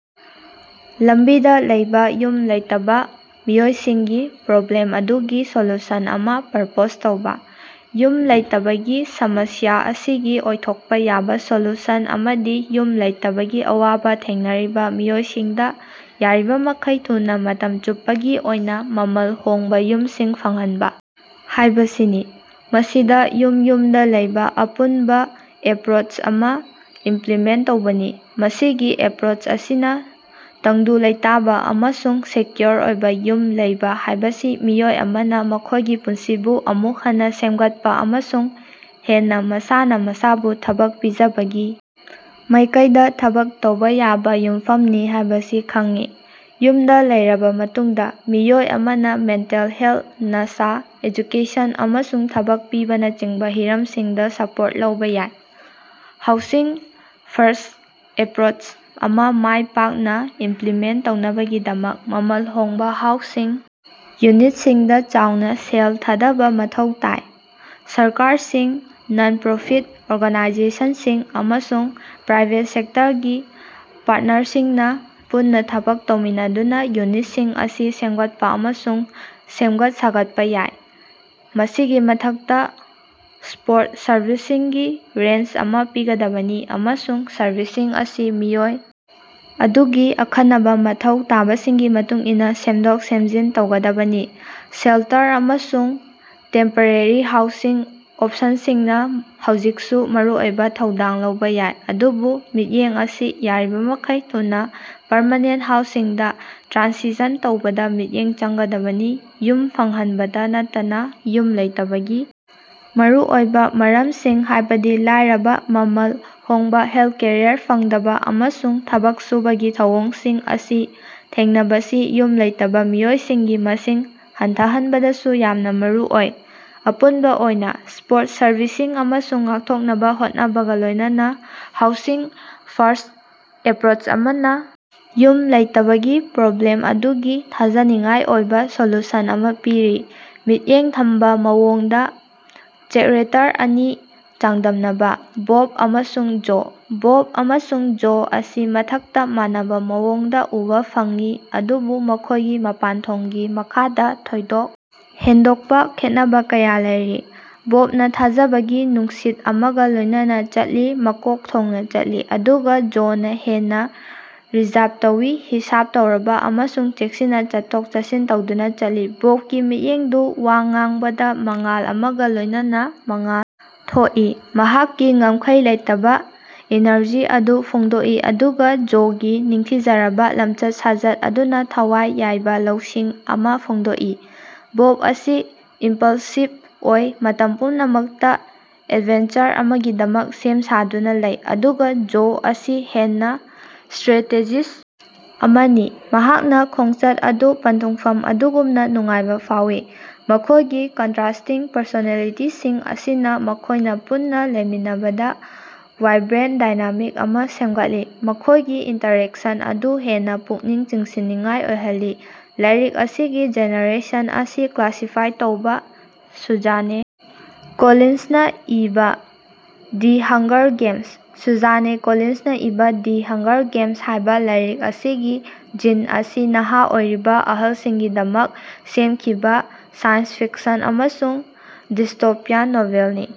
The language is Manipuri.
ꯂꯝꯕꯤꯗ ꯂꯩꯕ ꯌꯨꯝ ꯂꯩꯇꯕꯥ ꯃꯤꯑꯣꯏꯁꯤꯡꯒꯤ ꯄ꯭ꯔꯣꯕ꯭ꯂꯦꯝ ꯑꯗꯨꯒꯤ ꯁꯣꯂꯨꯁꯟ ꯑꯃ ꯄ꯭ꯔꯄꯣꯖ ꯇꯧꯕ꯫ ꯌꯨꯝ ꯂꯩꯇꯕꯒꯤ ꯁꯃꯁ꯭ꯌꯥ ꯑꯁꯤꯒꯤ ꯑꯣꯏꯊꯣꯛꯄ ꯌꯥꯕ ꯁꯣꯂꯨꯁꯟ ꯑꯃꯗꯤ ꯌꯨꯝ ꯂꯩꯇꯕꯒꯤ ꯑꯋꯥꯕ ꯊꯦꯡꯅꯔꯤꯕ ꯃꯤꯑꯣꯏꯁꯤꯡꯗ ꯌꯥꯔꯤꯕꯃꯈꯩ ꯊꯨꯅ ꯃꯇꯝ ꯆꯨꯞꯄꯒꯤ ꯑꯣꯏꯅ, ꯃꯃꯜ ꯍꯣꯡꯕ ꯌꯨꯝꯁꯤꯡ ꯐꯪꯍꯟꯕ ꯍꯥꯏꯕꯁꯤꯅꯤ, ꯃꯁꯤꯗ ꯌꯨꯝ-ꯌꯨꯝꯗ ꯂꯩꯕ ꯑꯄꯨꯟꯕ ꯑꯦꯄ꯭ꯔꯣꯆ ꯑꯃ ꯏꯝꯄ꯭ꯂꯤꯃꯦꯟꯇ ꯇꯧꯕꯅꯤ꯫ ꯃꯁꯤꯒꯤ ꯑꯦꯄ꯭ꯔꯣꯆ ꯑꯁꯤꯅ ꯇꯪꯗꯨ ꯂꯩꯇꯥꯕ ꯑꯃꯁꯨꯡ ꯁꯦꯀ꯭ꯌꯨꯔ ꯑꯣꯏꯕ ꯌꯨꯝ ꯂꯩꯕ ꯍꯥꯏꯕꯁꯤ ꯃꯤꯑꯣꯏ ꯑꯃꯅ ꯃꯈꯣꯏꯒꯤ ꯄꯨꯟꯁꯤꯕꯨ ꯑꯃꯨꯛ ꯍꯟꯅ ꯁꯦꯝꯒꯠꯄ ꯑꯃꯁꯨꯡ ꯍꯦꯟꯅ ꯃꯁꯥꯅ ꯃꯁꯥꯕꯨ ꯊꯕꯛ ꯄꯤꯖꯕꯒꯤ ꯃꯥꯏꯀꯩꯗ ꯊꯕꯛ ꯇꯧꯕ ꯌꯥꯕ ꯌꯨꯝꯐꯝꯅꯤ ꯍꯥꯏꯕꯁꯤ ꯈꯪꯏ꯫ ꯌꯨꯝꯗ ꯂꯩꯔꯕꯥ ꯃꯇꯨꯡꯗ, ꯃꯤꯑꯣꯏ ꯑꯃꯅ ꯃꯦꯟꯇꯦꯜ ꯍꯦꯜꯊ, ꯅꯁꯥ, ꯑꯦꯖꯨꯀꯦꯁꯟ, ꯑꯃꯁꯨꯡ ꯊꯕꯛ ꯄꯤꯕꯅꯆꯤꯡꯕ ꯍꯤꯔꯝꯁꯤꯡꯗ ꯁꯄꯣꯔꯠ ꯂꯧꯕ ꯌꯥꯏ꯫ ꯍꯥꯎꯁꯤꯡ-ꯐꯔꯁ꯭ꯠ ꯑꯦꯄ꯭ꯔꯣꯆ ꯑꯃ ꯃꯥꯏ ꯄꯥꯛꯅ ꯏꯝꯄ꯭ꯂꯤꯃꯦꯟꯇ ꯇꯧꯅꯕꯒꯤꯗꯃꯛ, ꯃꯃꯜ ꯍꯣꯡꯕ ꯍꯥꯎꯁꯤꯡ ꯌꯨꯅꯤꯠꯁꯤꯡꯗ ꯆꯥꯎꯅ ꯁꯦꯜ ꯊꯥꯗꯕ ꯃꯊꯧ ꯇꯥꯏ꯫ ꯁꯔꯀꯥꯔꯁꯤꯡ, ꯅꯟ-ꯄ꯭ꯔꯣꯐꯤꯠ ꯑꯣꯔꯒꯅꯥꯏꯖꯦꯁꯟꯁꯤꯡ, ꯑꯃꯁꯨꯡ ꯄ꯭ꯔꯥꯏꯕꯦꯠ ꯁꯦꯛꯇꯔꯒꯤ ꯄꯥꯔꯇꯅꯔꯁꯤꯡꯅ ꯄꯨꯟꯅ ꯊꯕꯛ ꯇꯧꯃꯤꯟꯅꯗꯨꯅ ꯌꯨꯅꯤꯠꯁꯤꯡ ꯑꯁꯤ ꯁꯦꯝꯒꯠꯄ ꯑꯃꯁꯨꯡ ꯁꯦꯝꯒꯠ-ꯁꯥꯒꯠꯄ ꯌꯥꯏ꯫ ꯃꯁꯤꯒꯤ ꯃꯊꯛꯇ, ꯁꯄꯣꯔꯠ ꯁꯔꯚꯤꯁꯁꯤꯡꯒꯤ ꯔꯦꯟꯖ ꯑꯃ ꯄꯤꯒꯗꯕꯅꯤ, ꯑꯃꯁꯨꯡ ꯁꯔꯚꯤꯁꯁꯤꯡ ꯑꯁꯤ ꯃꯤꯑꯣꯏ ꯑꯗꯨꯒꯤ ꯑꯈꯟꯅꯕ ꯃꯊꯧ ꯇꯥꯕꯁꯤꯡꯒꯤ ꯃꯇꯨꯡꯏꯟꯅ ꯁꯦꯝꯗꯣꯛ-ꯁꯦꯝꯖꯤꯟ ꯇꯧꯒꯗꯕꯅꯤ꯫ ꯁꯦꯜꯇꯔ ꯑꯃꯁꯨꯡ ꯇꯦꯝꯄꯔꯦꯔꯤ ꯍꯥꯎꯁꯤꯡ ꯑꯣꯞꯁꯟꯁꯤꯡꯅ ꯍꯧꯖꯤꯛꯁꯨ ꯃꯔꯨꯑꯣꯏꯕ‌ ꯊꯧꯗꯥꯡ ꯂꯧꯕ‌ ꯌꯥꯏ, ꯑꯗꯨꯕꯨ ꯃꯤꯠꯌꯦꯡ ꯑꯁꯤ ꯌꯥꯔꯤꯕꯃꯈꯩ ꯊꯨꯅ ꯄꯔꯃꯦꯅꯦꯟꯇ ꯍꯥꯎꯁꯤꯡꯗ ꯇ꯭ꯔꯥꯟꯁꯤꯁꯟ ꯇꯧꯕꯗ ꯃꯤꯠꯌꯦꯡ ꯆꯪꯒꯗꯕꯅꯤ꯫ ꯌꯨꯝ ꯐꯪꯍꯟꯕꯇ ꯅꯠꯇꯅꯥ, ꯌꯨꯝ ꯂꯩꯇꯕꯒꯤ ꯃꯔꯨ ꯑꯣꯏꯕ ꯃꯔꯝꯁꯤꯡ ꯍꯥꯏꯕꯗꯤ ꯂꯥꯏꯔꯕ, ꯃꯃꯜ ꯍꯣꯡꯕꯥꯍꯦꯜꯊꯀꯦꯌꯔ ꯐꯪꯗꯕ, ꯑꯃꯁꯨꯡ ꯊꯕꯛ ꯁꯨꯕꯒꯤ ꯊꯧꯑꯣꯡꯁꯤꯡ ꯑꯁꯤ ꯊꯦꯡꯅꯕꯁꯤ ꯌꯨꯝ ꯂꯩꯇꯕ ꯃꯤꯑꯣꯏꯁꯤꯡꯒꯤ ꯃꯁꯤꯡ ꯍꯟꯊꯍꯟꯕꯗꯁꯨ ꯌꯥꯝꯅ ꯃꯔꯨ ꯑꯣꯏ꯫ ꯑꯄꯨꯟꯕ ꯑꯣꯏꯅ, ꯁꯄꯣꯔꯠ ꯁꯔꯚꯤꯁꯁꯤꯡ ꯑꯃꯁꯨꯡ ꯉꯥꯛꯊꯣꯛꯅꯕꯥ ꯍꯣꯠꯅꯕꯒ ꯂꯣꯏꯅꯅꯥ ꯍꯥꯎꯁꯤꯡ-ꯐꯔꯁ꯭ꯠ ꯑꯦꯄ꯭ꯔꯣꯆ ꯑꯃꯅ ꯌꯨꯝ ꯂꯩꯇꯕꯒꯤ ꯄ꯭ꯔꯣꯕ꯭ꯂꯦꯝ ꯑꯗꯨꯒꯤ ꯊꯥꯖꯅꯤꯡꯉꯥꯏ ꯑꯣꯏꯕ ꯁꯣꯂꯨꯁꯟ ꯑꯃ ꯄꯤꯔꯤ꯫ ꯃꯤꯠꯌꯦꯡ ꯊꯝꯕ ꯃꯑꯣꯡꯗ ꯆꯦꯛꯔꯦꯇꯔ ꯑꯅꯤ ꯆꯥꯡꯗꯝꯅꯕꯥ - ꯕꯣꯕ ꯑꯃꯁꯨꯡ ꯖꯣ꯫ ꯕꯣꯕ ꯑꯃꯁꯨꯡ ꯖꯣ ꯑꯁꯤ ꯃꯊꯛꯇ ꯃꯥꯟꯅꯕꯥ ꯃꯑꯣꯡꯗ ꯎꯕꯥ ꯐꯪꯏ ꯑꯗꯨꯕꯨ ꯃꯈꯣꯏꯒꯤ ꯃꯄꯥꯟꯊꯣꯡꯒꯤ ꯃꯈꯥꯗ, ꯊꯣꯏꯗꯣꯛ ꯍꯦꯟꯗꯣꯛꯄ ꯈꯦꯟꯅꯕꯥ ꯀꯌꯥ ꯂꯩꯔꯤ꯫ ꯕꯣꯕꯅꯥ ꯊꯥꯖꯕꯒꯤ ꯅꯨꯡꯁꯤꯠ ꯑꯃꯒ ꯂꯣꯏꯅꯅꯥ ꯆꯠꯂꯤ, ꯃꯀꯣꯛ ꯊꯣꯡꯅ ꯆꯠꯂꯤ, ꯑꯗꯨꯒ ꯖꯣꯅꯥ ꯍꯦꯟꯅ ꯔꯤꯖꯔꯚ ꯇꯧꯏ, ꯍꯤꯁꯥꯕ ꯇꯧꯔꯕꯥ ꯑꯃꯁꯨꯡ ꯆꯦꯛꯁꯤꯟꯅ ꯆꯠꯊꯣꯛ-ꯆꯠꯁꯤꯟ ꯇꯧꯗꯨꯅ ꯆꯠꯂꯤ꯫ ꯕꯣꯕꯀꯤ ꯃꯤꯠꯌꯦꯡꯗꯨ ꯋꯥ ꯉꯥꯡꯕꯗ ꯃꯉꯥꯜ ꯑꯃꯒ ꯂꯣꯏꯅꯅ ꯃꯉꯥꯜ ꯊꯣꯛꯏ, ꯃꯍꯥꯛꯀꯤ ꯉꯝꯈꯩ ꯂꯩꯇꯕꯥ ꯏꯅꯔꯖꯤ ꯑꯗꯨ ꯐꯣꯡꯗꯣꯛꯏ ꯑꯗꯨꯒ ꯖꯣꯒꯤ ꯅꯤꯡꯊꯤꯖꯔꯕꯥ ꯂꯝꯆꯠ-ꯁꯥꯖꯠ ꯑꯗꯨꯅ ꯊꯋꯥꯏ ꯌꯥꯏꯕ ꯂꯧꯁꯤꯡ ꯑꯃ ꯐꯣꯡꯗꯣꯛꯏ꯫ ꯕꯣꯕ ꯑꯁꯤ ꯏꯝꯄꯜꯁꯤꯕ ꯑꯣꯏ, ꯃꯇꯝ ꯄꯨꯝꯅꯃꯛꯇ ꯑꯦꯗꯚꯦꯟꯆꯔ ꯑꯃꯒꯤꯗꯃꯛ ꯁꯦꯝ ꯁꯥꯗꯨꯅ ꯂꯩ, ꯑꯗꯨꯒ‌ ꯖꯣ ꯑꯁꯤ ꯍꯦꯟꯅ ꯁ꯭ꯇꯔꯦꯇꯦꯖꯤꯁ꯭ꯠ ꯑꯃꯅꯤ, ꯃꯍꯥꯛꯅ ꯈꯣꯡꯆꯠ ꯑꯗꯨ ꯄꯟꯊꯨꯡꯐꯝ ꯑꯗꯨꯒꯨꯝꯅ‌ ꯅꯨꯡꯉꯥꯏꯕ ꯐꯥꯎꯏ꯫ ꯃꯈꯣꯏꯒꯤ ꯀꯟꯇꯔꯥꯁ꯭ꯇꯤꯡ ꯄꯔꯁꯣꯅꯦꯂꯤꯇꯤꯁꯤꯡ ꯑꯁꯤꯅ ꯃꯈꯣꯏꯅ ꯄꯨꯟꯅ ꯂꯩꯃꯤꯟꯅꯕꯗ ꯋꯥꯏꯕ꯭ꯔꯦꯟꯇ ꯗꯥꯏꯅꯥꯃꯤꯛ ꯑꯃ ꯁꯦꯝꯒꯠꯂꯤ, ꯃꯈꯣꯏꯒꯤ ꯏꯟꯇꯔꯦꯛꯁꯟ ꯑꯗꯨ ꯍꯦꯟꯅ ꯄꯨꯛꯅꯤꯡ ꯆꯤꯡꯁꯤꯟꯅꯤꯡꯉꯥꯏ ꯑꯣꯏꯍꯜꯂꯤ꯫ ꯂꯥꯏꯔꯤꯛ ꯑꯁꯤꯒꯤ ꯖꯦꯅꯔꯦꯁꯟ ꯑꯁꯤ ꯀ꯭ꯂꯥꯁꯤꯐꯥꯏ ꯇꯧꯕꯥ꯫ ꯁꯨꯖꯥꯅꯦ ꯀꯣꯂꯤꯟꯁꯅꯥ ꯏꯕꯥ ꯗꯤ ꯍꯪꯒꯔ ꯒꯦꯝꯁ꯫ ꯁꯨꯖꯥꯅꯦ ꯀꯣꯂꯤꯟꯁꯅꯥ ꯏꯕꯥ, ꯗꯤ ꯍꯪꯒꯔ ꯒꯦꯝꯁ ꯍꯥꯏꯕ‌ ꯂꯥꯏꯔꯤꯛ ꯑꯁꯤꯒꯤ ꯖꯤꯟ ꯑꯁꯤ ꯅꯍꯥ ꯑꯣꯏꯔꯤꯕ ꯑꯍꯜꯁꯤꯡꯒꯤꯗꯃꯛ ꯁꯦꯝꯈꯤꯕ ꯁꯥꯏꯟꯁ ꯐꯤꯛꯁꯟ ꯑꯃꯁꯨꯡ ꯗꯤꯁꯇꯣꯄꯤꯌꯥꯟ ꯅꯣꯚꯦꯜꯅꯤ꯫